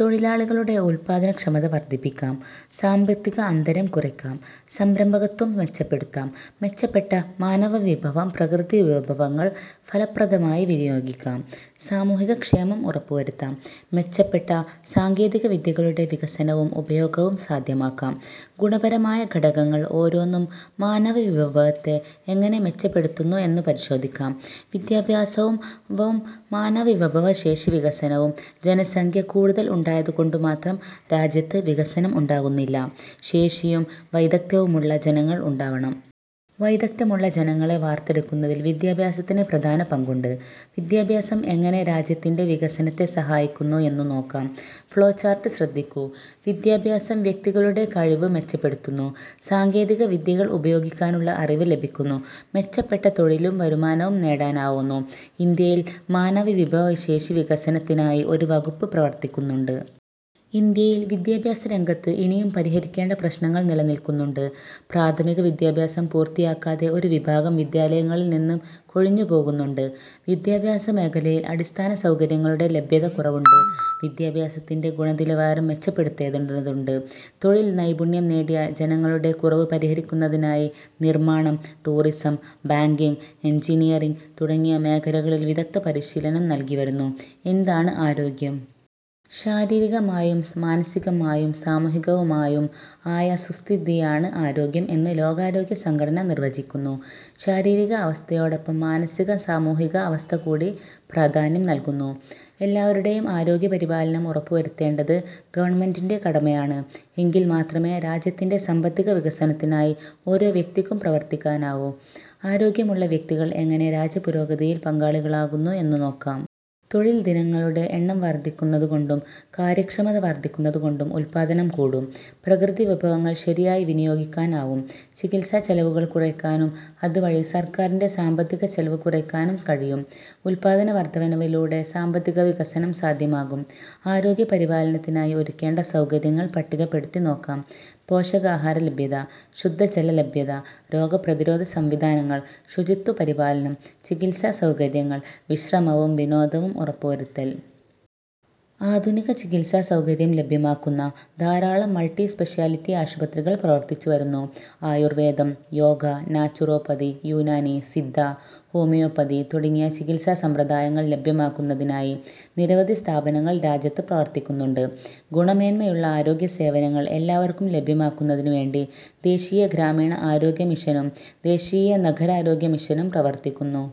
തൊഴിലാളികളുടെ ഉൽപ്പാദന ക്ഷമത വർധിപ്പിക്കാം. സാമ്പത്തിക അന്തരം കുറയ്ക്കാം. സംരംഭകത്വം മെച്ചപ്പെടുത്താം. മെച്ചപ്പെട്ട മാനവ വിഭവം പ്രകൃതിവിഭവങ്ങൾ ഫലപ്രദമായി വിനിയോഗിക്കാം. സാമൂഹികക്ഷേമം ഉറപ്പുവരുത്താം. മെച്ചപ്പെട്ട സാങ്കേതികവിദ്യകളുടെ വികസനവും ഉപയോഗവും സാധ്യമാക്കാം. ഗുണപരമായ ഘടകങ്ങൾ ഓരോന്നും മാനവവിഭവത്തെ എങ്ങനെ മെച്ചപ്പെടുത്തുന്നു എന്നു പരിശോധിക്കാം. വിദ്യാഭ്യാസവും മാനവവിഭവശേഷി വികസനവും ജനസംഖ്യ കൂടുതൽ ഉണ്ടായതുകൊണ്ടുമാത്രം രാജ്യത്ത് വികസനം ഉണ്ടാകുന്നില്ല; ശേഷിയും വൈദഗ്ധ്യവുമുള്ള ജനങ്ങൾ ഉണ്ടാവണം. വൈദഗ്ധ്യമുള്ള ജനങ്ങളെ വാർത്തെടുക്കുന്നതിൽ വിദ്യാഭ്യാസത്തിന് പ്രധാന പങ്കുണ്ട്. വിദ്യാഭ്യാസം എങ്ങനെ രാജ്യത്തിന്റെ വികസനത്തെ സഹായിക്കുന്നു എന്നു നോക്കാം. ഫ്ളോചാർട്ട് ശ്രദ്ധിക്കൂ. വിദ്യാഭ്യാസം വ്യക്തികളുടെ കഴിവ് മെച്ചപ്പെടുത്തുന്നു. സാങ്കേതികവിദ്യകൾ ഉപയോഗിക്കാനുള്ള അറിവ് ലഭിക്കുന്നു. മെച്ചപ്പെട്ട തൊഴിലും വരുമാനവും നേടാനാവുന്നു. ഇന്ത്യയിൽ മാനവവിഭവശേഷി വികസനത്തിനായി ഒരു വകുപ്പ് പ്രവർത്തിക്കുന്നുണ്ട്. ഇന്ത്യയിൽ വിദ്യാഭ്യാസരംഗത്ത് ഇനിയും പരിഹരിക്കേണ്ട പ്രശ്നങ്ങൾ നിലനിൽക്കുന്നുണ്ട്. പ്രാഥമികവിദ്യാഭ്യാസം പൂർത്തിയാക്കാതെ ഒരു വിഭാഗം വിദ്യാലയങ്ങളിൽനിന്ന് കൊഴിഞ്ഞുപോകുന്നുണ്ട്. വിദ്യാഭ്യാസമേഖലയിൽ അടിസ്ഥാനസൗകര്യങ്ങളുടെ ലഭ്യതക്കുറവുണ്ട്. വിദ്യാഭ്യാസത്തിന്റെ ഗുണനിലവാരം മെച്ചപ്പെടേണ്ടതുണ്ട്. തൊഴിൽ നൈപുണ്യം നേടിയ ജനങ്ങളുടെ കുറവ് പരിഹരിക്കുന്നതിനായി നിർമാണം, ടൂറിസം, ബാങ്കിങ്, എൻജിനിയറിങ് തുടങ്ങിയ മേഖലകളിൽ വിദഗ്ധപരിശീലനം നൽകിവരുന്നു. എന്താണ് ആരോഗ്യം? ശാരീരികമായും മാനസികമായും സാമൂഹികവുമായും ആയ സുസ്ഥിതിയാണ് ആരോഗ്യം എന്ന് ലോകാരോഗ്യ സംഘടന നിർവചിക്കുന്നു. ശാരീരിക അവസ്ഥയോടൊപ്പം മാനസിക-സാമൂഹിക അവസ്ഥകൂടി പ്രാധാന്യം നൽകുന്നു. എല്ലാവരുടെയും ആരോഗ്യപരിപാലനം ഉറപ്പുവരുത്തേണ്ടത് ഗവൺമെന്റിന്റെ കടമയാണ്. എങ്കിൽ മാത്രമേ രാജ്യത്തിന്റെ സാമ്പത്തികവികസനത്തിനായി ഓരോ വ്യക്തിക്കും പ്രവർത്തിക്കാനാവൂ. ആരോഗ്യമുള്ള വ്യക്തികൾ എങ്ങനെ രാജ്യപുരോഗതിയിൽ പങ്കാളികളാകുന്നു എന്നു നോക്കാം. തൊഴിൽ ദിനങ്ങളുടെ എണ്ണം വർധിക്കുന്നതുകൊണ്ടും കാര്യക്ഷമത വർധിക്കുന്നതുകൊണ്ടും ഉൽപ്പാദനം കൂടും. പ്രകൃതിവിഭവങ്ങൾ ശരിയായി വിനിയോഗിക്കാനാവും. ചികിത്സച്ചെലവുകൾ കുറയ്ക്കാനും അതുവഴി സർക്കാരിന്റെ സാമ്പത്തികച്ചെലവ് കുറയ്ക്കാനും കഴിയും. ഉൽപ്പാദനവർധനവിലൂടെ സാമ്പത്തികവികസനം സാധ്യമാകും. ആരോഗ്യപരിപാലനത്തിനായി ഒരുക്കേണ്ട സൗകര്യങ്ങൾ പട്ടികപ്പെടുത്തി നോക്കാം. പോഷകാഹാരലഭ്യത. ശുദ്ധജലലഭ്യത. രോഗപ്രതിരോധ സംവിധാനങ്ങൾ. ശുചിത്വപരിപാലനം. ചികിത്സാസൗകര്യങ്ങൾ. വിശ്രമവും വിനോദവും ഉറപ്പുവരുത്തൽ. ആധുനിക ചികിത്സാസൗകര്യം ലഭ്യമാക്കുന്ന ധാരാളം മൾട്ടി സ്പെഷ്യാലിറ്റി ആശുപത്രികൾ പ്രവർത്തിച്ചു വരുന്നു. ആയുർവേദം, യോഗ, നാച്ചുറോപ്പതി, യുനാനി, സിദ്ധ, ഹോമിയോപ്പതി തുടങ്ങിയ ചികിത്സാസമ്പ്രദായങ്ങൾ ലഭ്യമാക്കുന്നതിനായി നിരവധി സ്ഥാപനങ്ങൾ രാജ്യത്തു പ്രവർത്തിക്കുന്നുണ്ട്. ഗുണമേന്മയുള്ള ആരോഗ്യസേവനങ്ങൾ എല്ലാവർക്കും ലഭ്യമാക്കുന്നതിനുവേണ്ടി ദേശീയ ഗ്രാമീണ ആരോഗ്യ മിഷനും ദേശീയ നഗരാരോഗ്യ മിഷനും പ്രവർത്തിക്കുന്നു.